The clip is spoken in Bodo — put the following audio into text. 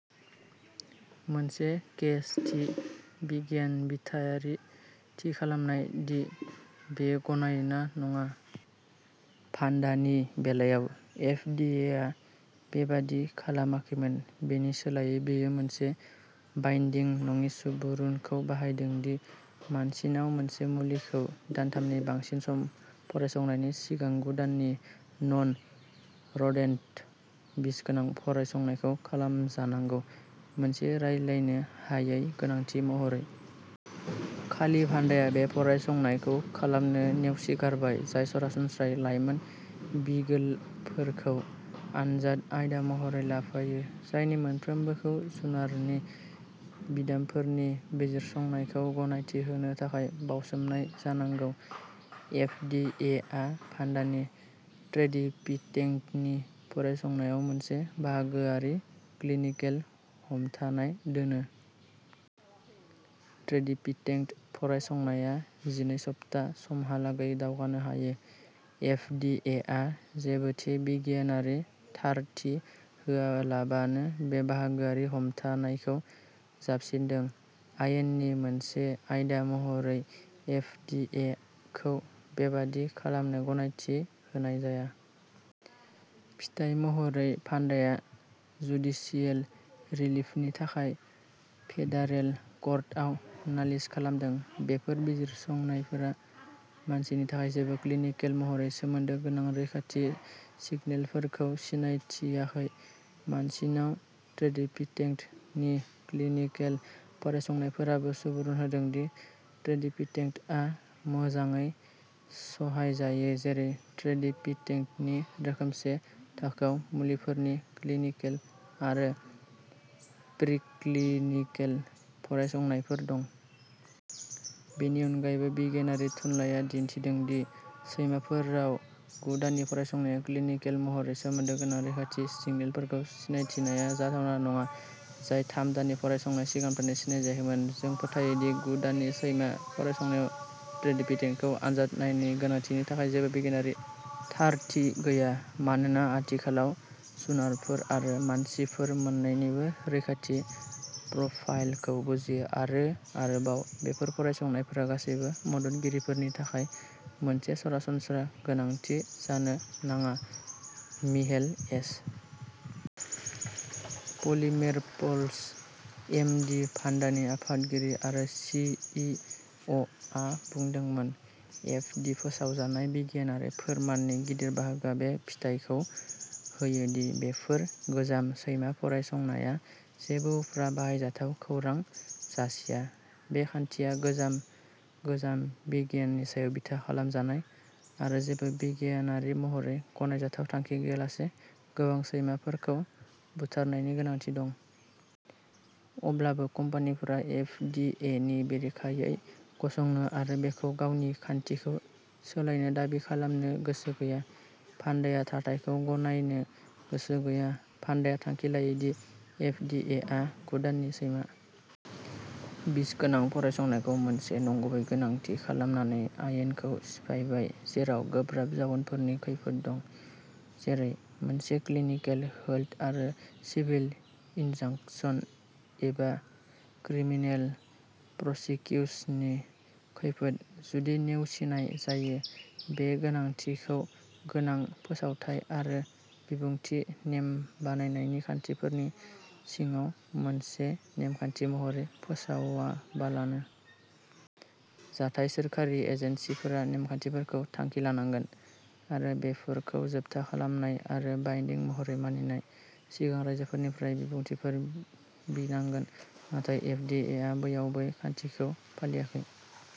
मोनसे केस थि बिगियानबिथायारि थि खालामनाय दि बेयो गनायो ना नङा। भान्डानि बेलायाव एफ डि ए आ बेबादि खालामाखैमोन। बेनि सोलायै बेयो मोनसे बाइन्दिं नङि सुबुरुनखौ बाहायदों दि मानसिनाव मोनसे मुलिखौ दानथामनि बांसिन सम फरायसंनायनि सिगां गु दाननि नन र'डेन्ट बिसगोनां फरायसंनायखौ खालामजानांगौ मोनसे रायलायनो हायै गोनांथि महरै। खालि भान्डाया बे फरायसंनायखौ खालामनो नेवसिगारबाय जाय सरासनस्रायै लाइमोन बिगोलफोरखौ आनजाद आयदा महरै लाफायो जायनि मोनफ्रोमबोखौ जुनारनि बिदामफोरनि बिजिरसंनायखौ गनायथि होनो थाखाय बावसोमनाय जानांगौ एफ डि ए आ भान्डानि ट्रेडिपिटेंनि फरायसंनायाव मोनसे बाहागोआरि क्लिनिकेल हमथानाय दोनो। ट्रेडिपिटेंट फरायसंनाया जिनै सप्ता समहालागै दावगानो हायो। एफ डि ए आ जेबो थि बिगियानारि थारथि होआलाबानो बे बाहागोआरि हमथानायखौ जाबसिनदों। आयेननि मोनसे आयदा महरै एफ डि ए खौ बेबादि खालामनो गनायथि होनाय जाया। फिथाय महरै भान्डाया जुडिसियेल रिलिफनि थाखाय फेडारेल कर्टआव नालिस खालामदों। बेफोर बिजिरसंनायफोरा मानसिनि थाखाय जेबो क्लिनिकेल महरै सोमोन्दो गोनां रैखाथि सिगनेलफोरखौ सिनायथियाखै। मानसिनाव ट्रेडिपिटेंटनि क्लिनिकेल फरायसंनायफोराबो सुबुरुन होदों दि ट्रेडिपिटेंटआ मोजाङै सहायजायो जेरै ट्रेडिपिटेंटनि रोखोमसे थाखोआव मुलिफोरनि क्लिनिकेल आरो प्रिक्लिनिकेल फरायसंनायफोर दं। बेनि अनगायैबो बिगियानारि थुनलाइया दिन्थिदों दि सैमाफोराव गु दाननि फरायसंनाया क्लिनिकेल महरै सोमोन्दो गोनां रैखाथि सिगनेलफोरखौ सिनायथिनाया जाथावना नङा जाय थाम दाननि फरायसंनायाव सिगांनिफ्रायनो सिनायजायाखै। जों फोथायो दि गु दाननि सैमा फरायसंनायाव ट्रेडिपिटेंटखौ आनजाद नायनायनि गोनांथिनि थाखाय जेबो बिगियानारि थारथि गैया मानोना आथिखालाव जुनारफोर आरो मानसिफोर मोन्नैनिबो रैखाथि प्रफाइलखौ बुजियो आरो आरोबाव, बेफोर फरायसंनायफोरा गासैबो मददगिरिफोरनि थाखाय मोनसे सरासनस्रा गोनांथि जानो नाङा Mihael H. Polymeropoulos M D भान्डानि आफादगिरि आरो सि इ अ आ बुंदोंमोन। एफ डि फोसावजानाय बिगियानारि फोरमाननि गिदिर बाहागोआ बे फिथाइखौ होयो दि बेफोर गोजाम सैमा फरायसंनाया जेबो उफ्रा बाहायजाथाव खौरां जासिया। बे खान्थिया गोजाम गोजाम बिगियाननि सायाव बिथा खालामजानाय आरो जेबो बिगियानारि महरै गनायजाथाव थांखि गैयालासे गोबां सैमाफोरखौ बुथारनायनि गोनांथि दं। अब्लाबो कम्पानिफोरा एफ डि ए नि बेरेखायै गसंनो आरो बेखौ गावनि खान्थिखौ सोलायनो दाबि खालामनो गोसो गैया। भान्डाया थाथायखौ गनायनो गोसो गैया। भान्डाया थांखि लायो दि एफ डि ए आ गु दाननि सैमा बिसगोनां फरायसंनायखौ मोनसे नंगुबै गोनांथि खालामनानै आयेनखौ सिफायबाय जेराव गोब्राब जाउनफोरनि खैफोद दं जेरै मोनसे क्लिनिकेल होल्ड आरो सिभिल इनजांक्सन एबा क्रिमिनेल प्रसिकिउसनि खैफोद जुदि नेवसिनाय जायो बे गोनांथि खौ गोनां फोसावथाइ आरो बिबुंथि नेम बानायनायनि खान्थिफोरनि सिङाव मोनसे नेमखान्थि महरै फोसावाबालानो। जाथाय सोरखारि एजेन्सिफोरा नेमखान्थिफोरखौ थांखि लानांगोन आरो बेफोरखौ जोबथा खालामनाय आरो बाइन्डिं महरै मानिनाय सिगां राइजोफोरनिफ्राय बिबुंथिफोर बिनांगोन नाथाय एफ डि ए आ बैयाव बै खान्थिखौ फालियाखै।